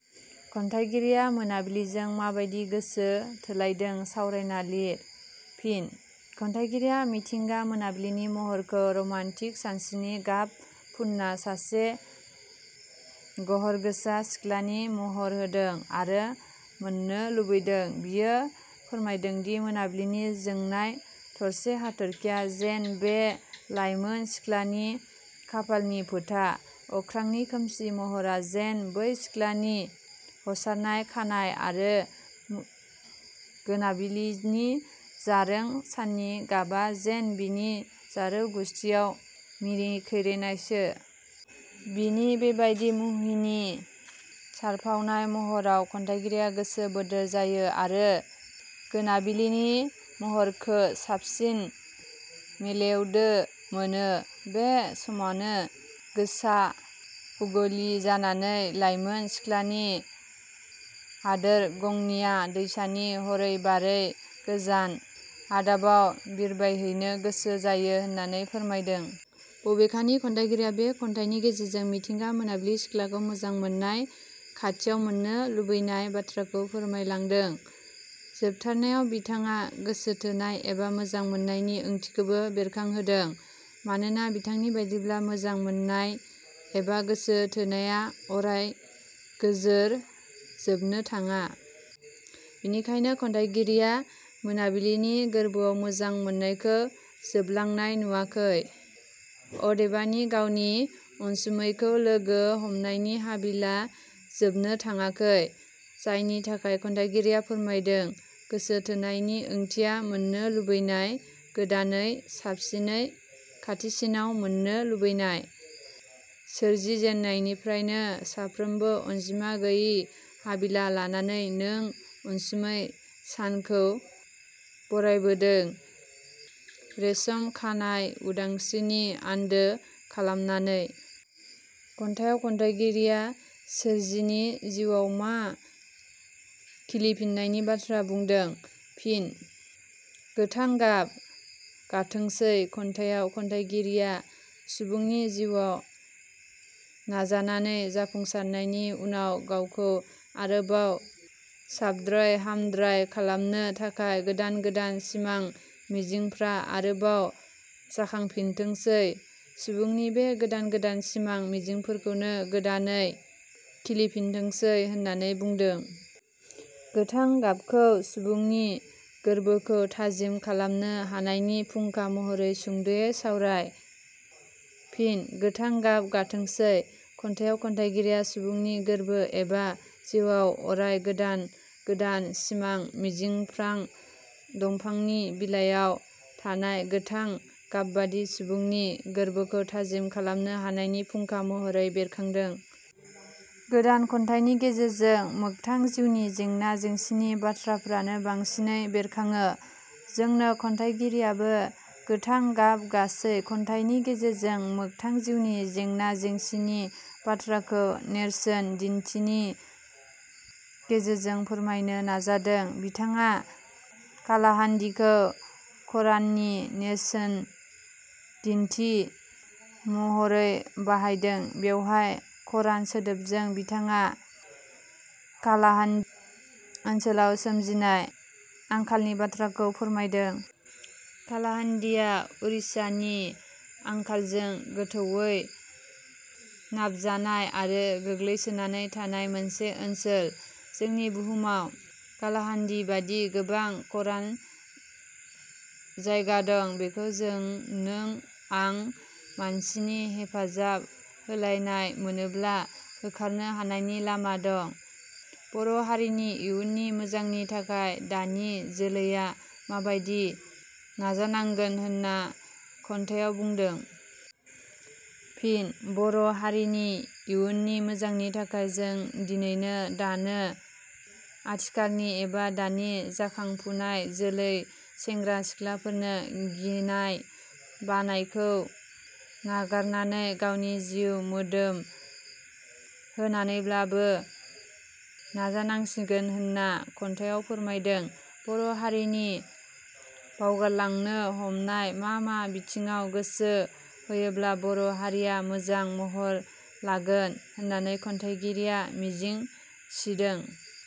खन्थाइगिरिया मोनाबिलिजों माबादि गोसो थोलायदों सावरायना लिर। फिनः खन्थाइगिरिया मिथिंगा गोनाबिलिनि महरखौ रमान्टिक सानस्रिनि गाब फुनना सासे गहरगोसा सिख्लानि महर होदों आरो मोननो लुबैदों बियो फोरमायदोंदि मोनाबिलिनि जोंनाय थरसे हाथर्खिया जेन 'बे लाइमोन सिख्लानि खाफालनि फोथा, अख्रांनि खोमसि महरा जेन' बै सिख्लानि हसारनाय खानाय आरो गोनाबिलिनि जारों साननि गाबा जेन बिनि जारौ गुस्थियाव मिनिखेरेनायसो। बिनि बेबादि मुहिनि सारफावनाय महराव खन्थाइगिरिया गोसो बोदोर जायो आरो गोनाबिलिनि महरखो साबसिन मेलेवदो मोनो बे समावनो गोसा उगवलि जानानै लाइमोन सिख्लानि हादोर गंनिया दैसानि हरै बारै गोजान हादाबाव बिरबायहैनो गोसो जायो होनना फोरमायदों। बबेखानि खन्थाइगिरिया बे खन्थाइनि गेजेरजों मिथिंगा मोनाबिलि सिख्लाखौ मोजां मोननाय खाथियाव मोननो लुबैनाय बाथ्राखौ फोरमायलादों। जोबथारनायाव बिथाङा गोसोथोनाय एबा मोजां मोननायनि ओंथिखौबो बेरखांहोदों। मानोना बिथांनि बादिब्ला मोजां मोननाय एबा गोसो थोनाया अराय गोजोर जोबनो थाङा। बेनिखायनो खन्थाइगिरिया मोनाबिलिनि गोरबोआव गोजां मोननायखौ जोबलांनाय नुवाखै। अदेबानि गावनि अनसुमैखो लोगो हमनायनि हाबिला जोबनो थाङाखै। जायनि थाखाय खन्थाइगिरिया फोरमायदों गोसोथोनायनि ओंथिया मोननो लुबैनाय, गोदानै, साबसिनै, खाथिसिनाव मोननो लुबैनाय। सोरजि जेननायनिफ्रायनो सानफ्रोमबो अनजिमा गैयि हाबिला लानानै नों अनसुमै सानखौ बरायबोदों रेसम खानायउदांस्रिनि आन्दो खालामनानै। खन्थाइयाव खन्थाइगिरिया सोरजिनि जिवाव मा खिलिफिननायनि बाथ्रा बुंदों? फिन: गोथां गाब गाथोंसै खन्थाइयाव खन्थाइगिरिया सुबुंनि जिउवाव नाजानानै जाफुंसानायनि उनाव गावखौ आरोबाव साबद्राय हामद्राय खालामनो थाखाय गोदान गोदोन सिमां मिजिंफ्रा आरोबाव जाखांफिनथोंसै, सुबुंनि बे गोदान गोदान सिमां मिजिंफोरखौनो गोदानै खिलिफिनथोंसै होननानै बुंदों। गोथां गाबखौ सुबुंनि गोरबोखौ थाजिम खालामनो हानायनि फुंखा महरै सुंदयै सावराय? फिन: 'गोथां गाब गाथोंसै' खन्थाइयाव खन्थाइगिरिया सुबुंनि गोरबो एबा जिउवाव अराय गोदान गोदान सिमां मिजिंफ्रां दंफांनि बिलायाव थानाय गोथां गाबबादि सुबुंनि गोरबोखौ थाजिम खालामनो हानायनि फुंखा महरै बेरखांदों। गोदान खन्थाइनि गेजेरजों मोगथां जिउनि जेंना जेंसिनि बाथ्राफोरानो बांसिनै बेरखाङो। जोंनो खन्थाइगिरियाबो गोथां गाब गासै खन्थाइनि गेजेरजों मोगथां जिउनि जेंना जेंसिनि बाथ्राखौ नेरसोन दिन्थिनि गेजेरजों फोरमायनो नाजादों। बिथाङा कालाहान्दखौ खराननि नेरसेनदिन्थि महरै बाहायदों बेवहाय खरान सोदोबजों बिथाङा कालाहान्दि ओन्सोलाव सोमजिनाय आंखालनि बाथ्राखौनो फोरमायदों। कालाहान्दिया उरिष्यानि आंखालजों गोथौवै नाबजानाय आरो गोग्लैसोनानै थानाय मोनसे ओनसोल। जोंनि बुहुमाव कालाहान्दि बादि, गोबां खरान जायगा दं बेखौ जों नों आं मानसिनि हेफाजाब होलायनाय मोनोब्ला होखारनो हानायनि लामा दं। बर' हारिनि इयुननि मोजांनि थाखाय दानि जोलैया माबादि नाजानांगोन होनना खन्थायाव बुंदों? फिन: बर' हारिनि इउननि मोजांनि थाखाय जों दिनैनो, दानो, आथिखालनि एबा दानि जाखांफुनाय जोलै सेंग्रा-सिख्लाफोरनो गिनाय बानायखौ नागारनानै गावनि जिउ मोदोम होनानैब्लाबो नाजानांसिगोन होनना खन्थाइयाव फोरमायदों। बर' हारिनि बावगारलांनो हमनाय मा मा बिथिङाव गोसो होयोब्ला बर' हारिया मोजां महर लागोन होननानै खन्थाइगिरिया मिजिं सिदों?